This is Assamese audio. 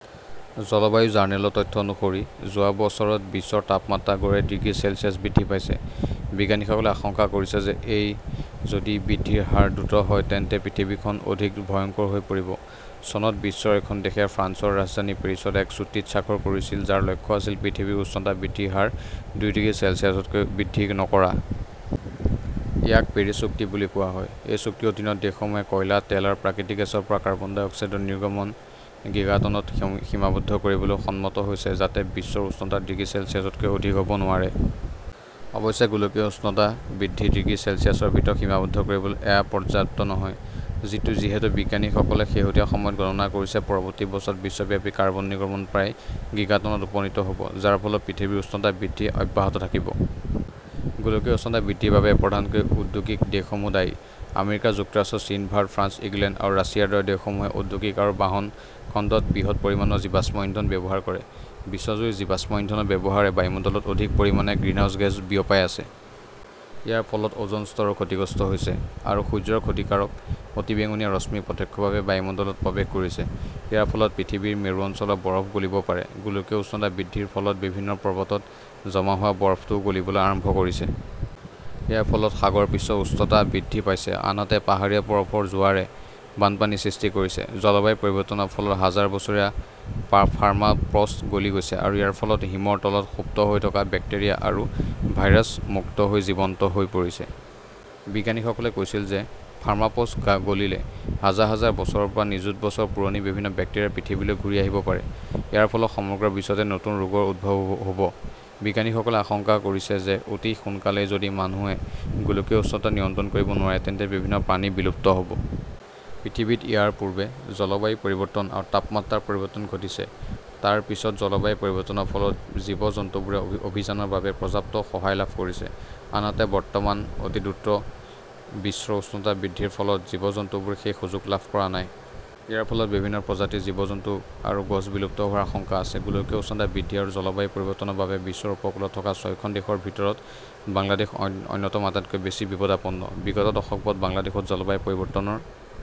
জলবায়ু জাৰ্নেলৰ তথ্য অনুসৰি, যোৱা বছৰত বিশ্বৰ তাপমাত্ৰা গড়ে ডিগ্ৰী চেলছিয়াছ বৃদ্ধি পাইছে। বিজ্ঞানীসকলে আশংকা কৰিছে যে যদি এই বৃদ্ধিৰ হাৰ দ্ৰুত হয় তেন্তে পৃথিৱীখন অধিক ভয়ংকৰ হৈ পৰিব। চনত বিশ্বৰ খন দেশে ফ্ৰান্সৰ ৰাজধানী পেৰিছত এক চুক্তিত স্বাক্ষৰ কৰিছিল যাৰ লক্ষ্য আছিল পৃথিৱীৰ উষ্ণতা বৃদ্ধিৰ হাৰ দুই ডিগ্ৰী চেলছিয়াছতকৈ অধিক বৃদ্ধি নকৰা। ইয়াক পেৰিছ চুক্তি বুলি কোৱা হয়। এই চুক্তিৰ অধীনত দেশসমূহে কয়লা, তেল আৰু প্ৰাকৃতিক গেছৰ পৰা কাৰ্বন ডাই অক্সাইডৰ নিৰ্গমন গিগাটনত সীমাবদ্ধ কৰিবলৈ সন্মত হৈছে যাতে বিশ্বৰ উষ্ণতা ডিগ্ৰী চেলছিয়াছতকৈ অধিক হ "ব নোৱাৰে। অৱশ্যে, গোলকীয় উষ্ণতা বৃদ্ধি ডিগ্ৰী চেলছিয়াছৰ ভিতৰত সীমাবদ্ধ কৰিবলৈ এয়া পৰ্যাপ্ত নহয়। যিহেতু বিজ্ঞানীসকলে শেহতীয়া সময়ত গণনা কৰিছে, পৰৱৰ্তী বছৰত বিশ্বব্যাপী কাৰ্বন নিৰ্গমন প্ৰায় গিগাটনত উপনীত হ 'ব, যাৰ ফলত পৃথিৱীৰ উষ্ণতা বৃদ্ধি অব্যাহত থাকিব। গোলকীয় উষ্ণতা বৃদ্ধিৰ বাবে প্ৰধানকৈ ঔদ্যোগিক দেশসমূহ দায়ী। আমেৰিকা যুক্তৰাষ্ট্ৰ, চীন, ভাৰত, ফ্ৰান্স, ইংলেণ্ড আৰু ৰাছিয়াৰ দৰে দেশসমূহে ঔদ্যোগিক আৰু বাহন খণ্ডত বৃহৎ পৰিমাণৰ জীৱাশ্ম ইন্ধন ব্যৱহাৰ কৰে। বিশ্বজুৰি জীৱাশ্ম ইন্ধনৰ ব্যৱহাৰে বায়ুমণ্ডলত অধিক পৰিমাণে গ্ৰিনহাউজ গেছ বিয়পাই আছে। ইয়াৰ ফলত অ "জন স্তৰ ক্ষতিগ্ৰস্ত হৈছে আৰু সূৰ্যৰ ক্ষতিকাৰক অতিবেঙুনীয়া ৰশ্মি প্ৰত্যক্ষভাৱে বায়ুমণ্ডলত প্ৰৱেশ কৰিছে। ইয়াৰ ফলত পৃথিৱীৰ মেৰু অঞ্চলৰ বৰফ গলিব পাৰে। গোলকীয় উষ্ণতা বৃদ্ধিৰ ফলত বিভিন্ন পৰ্বতত জমা হোৱা বৰফটোও গলিবলৈ আৰম্ভ কৰিছে। ইয়াৰ ফলত সাগৰ পৃষ্ঠৰ উচ্চতা বৃদ্ধি পাইছে, আনহাতে পাহাৰীয়া বৰফৰ জোৱাৰে বানপানীৰ সৃষ্টি কৰিছে। জলবায়ু পৰিৱৰ্তনৰ ফলত হাজাৰ বছৰীয়া পাৰ্মাফ্ৰষ্ট গলি গৈছে আৰু ইয়াৰ ফলত হিমৰ তলত সুপ্ত হৈ থকা বেক্টেৰিয়া আৰু ভাইৰাছ মুক্ত হৈ জীৱন্ত হৈ পৰিছে। বিজ্ঞানীসকলে কৈছিল যে পাৰ্মাফ্ৰষ্ট গলিলে হাজাৰ বছৰৰ পৰা নিযুত বছৰ পুৰণি বিভিন্ন বেক্টেৰিয়া পৃথিৱীলৈ ঘূৰি আহিব পাৰে। ইয়াৰ ফলত সমগ্ৰ বিশ্বতে নতুন নতুন ৰোগৰ উদ্ভৱ হ "ব। বিজ্ঞানীসকলে আশংকা কৰিছে যে অতি সোনকালেই যদি মানুহে গোলকীয় উষ্ণতা নিয়ন্ত্ৰণ কৰিব নোৱাৰে তেন্তে বিভিন্ন প্ৰাণী বিলুপ্ত হ 'ব। পৃথিৱীত ইয়াৰ পূৰ্বে জলবায়ু পৰিৱৰ্তন আৰু তাপমাত্ৰাৰ পৰিৱৰ্তন ঘটিছে। তাৰ পিছত জলবায়ু পৰিৱৰ্তনৰ ফলত জীৱ-জন্তুবোৰে অভিযোজনৰ বাবে পৰ্যাপ্ত সময় লাভ কৰিছে। আনহাতে, বৰ্তমান অতি দ্ৰুত বিশ্ব উষ্ণতা বৃদ্ধিৰ ফলত জীৱ-জন্তুবোৰে সেই সুযোগ লাভ কৰা নাই। ইয়াৰ ফলত বিভিন্ন প্ৰজাতিৰ জীৱ-জন্তু আৰু গছ বিলুপ্ত হোৱাৰ আশংকা আছে। গোলকীয় উষ্ণতা বৃদ্ধি আৰু জলবায়ু পৰিৱৰ্তনৰ বাবে বিশ্বৰ উপকূলত থকা ছয়খন দেশৰ ভিতৰত বাংলাদেশ অন্যতম আটাইতকৈ বেছি বিপদাপন্ন। বিগত দশকবোৰত বাংলাদেশত জলবায়ু পৰিৱৰ্তনৰ